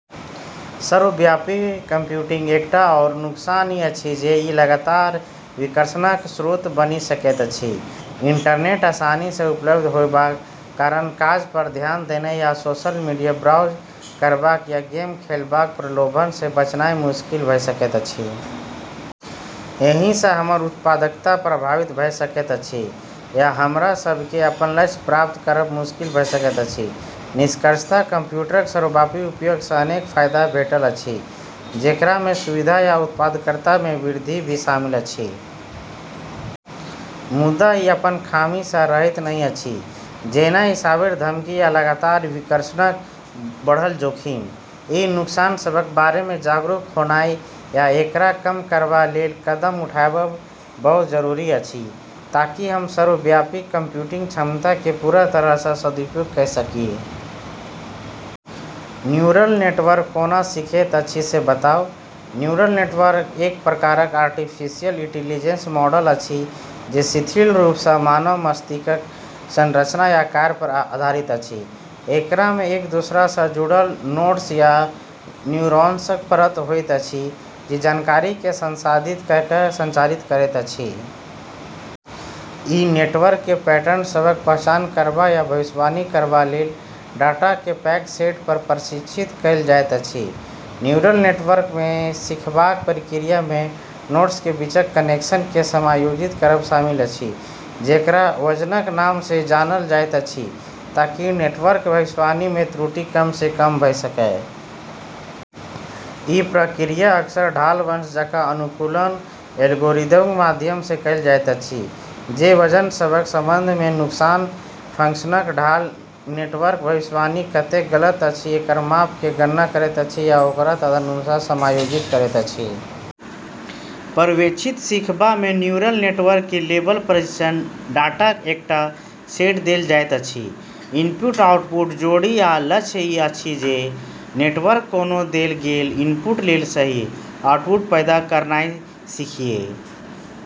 सर्वव्यापी कंप्यूटिंगक एकटा आउर नुकसान ई अछि जे ई लगातार विकर्षणक स्रोत बनि सकैत अछि। इंटरनेट आसानी सँ उपलब्ध होयबाक कारण काज पर ध्यान देनाइ आ सोशल मीडिया ब्राउज करबाक या गेम खेलबाक प्रलोभन सँ बचनाइ मुश्किल भऽ सकैत अछि। एहि सँ हमर उत्पादकता प्रभावित भऽ सकैत अछि, आ हमरा सभ केँ अपन लक्ष्य प्राप्त करब मुश्किल भऽ सकैत अछि। निष्कर्षतः कंप्यूटरक सर्वव्यापी उपयोग सँ अनेक फायदा भेटल अछि, जेकरा मे सुविधा आ उत्पादकता मे वृद्धि भी शामिल अछि। मुदा ई अपन खामी सँ रहित नहि अछि, जेना कि साइबर धमकी आ लगातार विकर्षणक बढ़ल जोखिम। ई नुकसान सभक बारे मे जागरूक होनाइ आ एकरा कम करबा लेल कदम उठाबब बहुत जरूरी अछि, ताकि हम सर्वव्यापी कंप्यूटिंगक क्षमता केँ पूरा तरह सँ सदुपयोग कऽ सकिए। न्यूरल नेटवर्क कोना सीखैत अछि से बताउ। न्यूरल नेटवर्क एक प्रकारक आर्टिफिशियल इंटेलिजेंस मॉडल अछि जे शिथिल रूप सँ मानव मस्तिष्कक संरचना आ कार्य पर आधारित अछि। एकरा मे एक दोसरा सँ जुड़ल नोड्स या न्यूरॉन्सक परत होइत अछि जे जानकारी केँ संसाधित कऽ कऽ संचारित करैत अछि। ई नेटवर्क केँ पैटर्न सभक पहचान करबा आ भविष्यवाणी करबा लेल डाटाक पैघ सेट पर प्रशिक्षित कएल जाइत अछि। न्यूरल नेटवर्क मे सीखबाक प्रक्रिया मे नोड्सक बीचक कनेक्शन केँ समायोजित करब शामिल अछि, जेकरा वजनक नाम सँ जानल जाइत अछि, ताकि नेटवर्कक भविष्यवाणी मे त्रुटि कम सँ कम भऽ सकए। ई प्रक्रिया अक्सर ढाल वंश जकाँ अनुकूलन एल्गोरिदमक माध्यम सँ कएल जाइत अछि, जे वजन सभक संबंध मे नुकसान फ़ंक्शनक ढाल (नेटवर्कक भविष्यवाणी कतेक गलत अछि एकर माप) क गणना करैत अछि आ ओकरा तदनुसार समायोजित करैत अछि। पर्यवेक्षित सीखबा मे न्यूरल नेटवर्क केँ लेबल प्रशिक्षण डाटाक एकटा सेट देल जाइत अछि इनपुट-आउटपुट जोड़ी आ लक्ष्य ई अछि जे नेटवर्क कोनो देल गेल इनपुट लेल सही आउटपुट पैदा करनाइ सीखए।